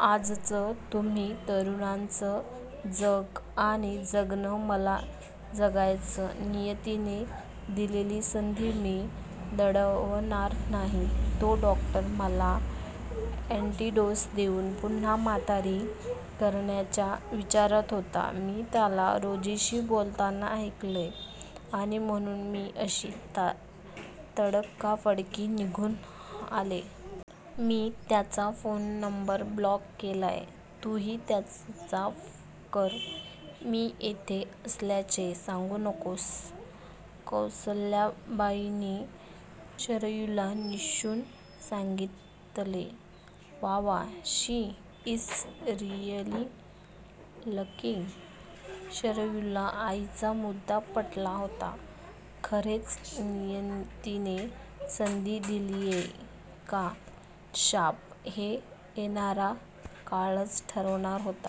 आजच तुम्हा तरुणांचं 'जग' आणि 'जगणं ' मला जगायचंय! नियतीने दिलेली संधी मी दवडणार नाही! तो डॉक्टर मला ऍंटीडोस देऊन पुन्हा म्हातारी करण्याच्या विचारात होता! मी त्याला रोजीशी बोलताना ऐकलंय! आणि म्हणून मी अशी तडकाफडकी निघून आले! मी त्याचा फोन नंबर ब्लॉक केलाय! तू हि त्याचा कर! मी येथे असल्याचे सांगू नकोस! कौसल्याबाईंनी शरयूला निक्षून सांगितले. Wow! She is really lucky! शरयूला आईचा मुद्दा पटला होता! खरेच नियतीने 'संधी' दिलीयय का, 'शाप ' हे येणारा काळच ठरवणार होता!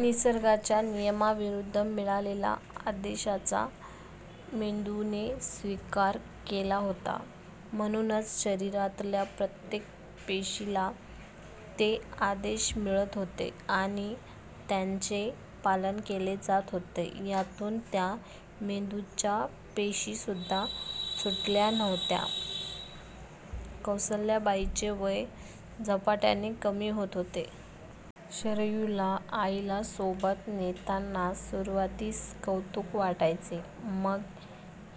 निसर्गच्या नियमाविरुद्ध मिळालेल्या आदेशाचा मेंदूने स्वीकार केला होता! म्हणूनच शरीरातल्या प्रत्येक पेशीला ते आदेश मिळत होते! आणि त्यांचे पालन केले जात होते! यातून त्या मेंदूच्या पेशी सुद्धा सुटल्या नव्हत्या! कौसल्याबाईंचे वय झपाट्याने कमी होत होते. शरयूला आईला सोबत नेताना सुरवातीस कौतुक वाटायचे, मग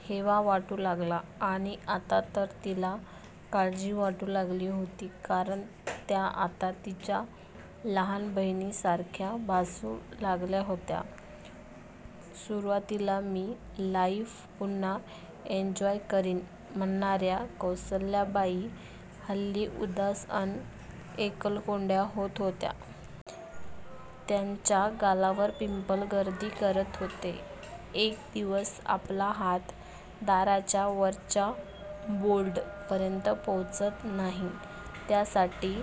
हेवा वाटू लागला आणि आता तर तिला काळजी वाटू लागली होती. कारण त्या आता तिच्या लहान बहिणी सारख्या भासू लागल्या होत्या! सुरवातीला मी लाईफ पुन्हा एन्जॉय करीन म्हणणाऱ्या कौसल्याबाई, हल्ली उदास अन एक्कलकोंड्या होत होत्या! त्यांच्या गालावर पिंपल्स गर्दी करत होते! एक दिवस आपला हात दाराच्या वरच्या बोल्ट पर्यंत पोहचत नाही, त्या साठी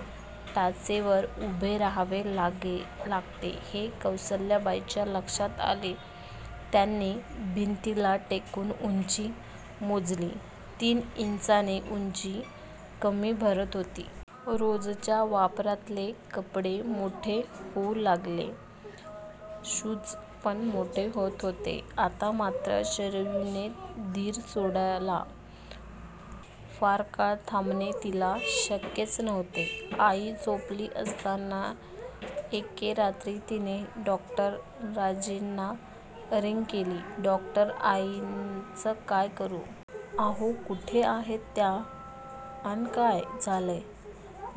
टाचेवर उभे रहावे लागते हे कौसल्याबाईंच्या लक्षात आले. त्यांनी भिंतीला टेकून उंची मोजली. तीन इंचाने उंची कमी भरत होती! रोजच्या वापरातले कपडे मोठे होऊ लागले, शूज पण मोठे होत होते. आता मात्र शरयूने धीर सोडला. फारकाळ थांबणे तिला शक्यच नव्हते. आई झोपली असताना, एके रात्री तिने डॉ. राजेंना रिंग केली. " डॉक्टर, आईच काय करू? " "अहो, कुठं आहेत त्या? अन काय झालंय?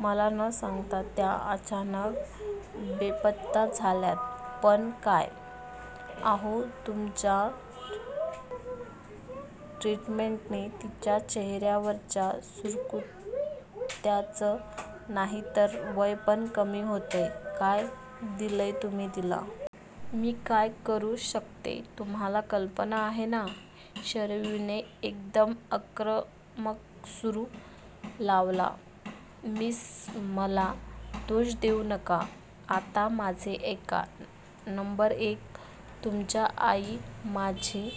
मला न सांगता त्या अचानक बेपत्ता झाल्यात! " "पण काय? " "अहो, तुमच्या ट्रीटमेंटने तिच्या चेहऱ्यावरच्या सुरकुत्याच, नाही तर वय पण कमी होतंय! काय दिलंत तुम्ही तिला? मी काय करू शकते तुम्हाला कल्पना आहे ना? " शरयूने एकदम आक्रमक सूर लावला. "मिस! मला दोष देऊ नका! आता माझे ऐका! नंबर एक, तुमच्या आई, माझी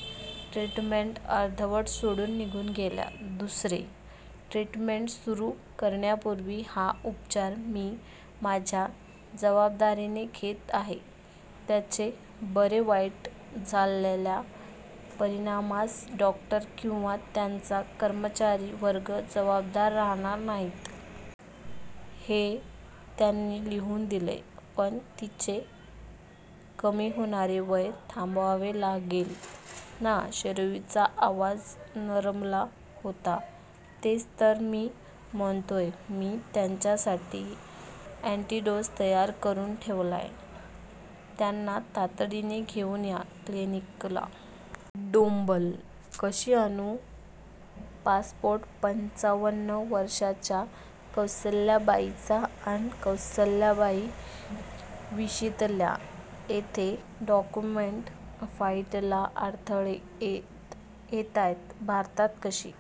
ट्रीटमेंट अर्धवट सोडून निघून गेल्या. दुसरे, ट्रीटमेंट सुरु करण्यापूर्वी 'हा उपचार, मी माझ्या जवाबदारीवर घेत आहे, त्याचे बरे वाईट झालेल्या परिणामास डॉक्टर किंवा त्यांचा कर्मचारी वर्ग जवाबदार रहाणार नाहीत. हे त्यांनी लिहून दिलीय! " "पण तिचे कमी होणारे वय थांबवावे लागेल ना? " शरयूचा आवाज नरमला होता. " तेच तर मी म्हणतोय! मी त्यांच्या साठी ऍंटीडोस तयार करून ठेवलाय! त्यांना ताबडतोब घेऊन या क्लिनिकला! " डोंबल! कशी आणू? पासपोर्ट, पंचावन्न वर्षाच्या कौसल्याबाईचा अन कौशल्याबाई विशीतल्या! येथे डोमॅस्टिक फ्लाईटला अडथळे येताहेत, भारतात कशी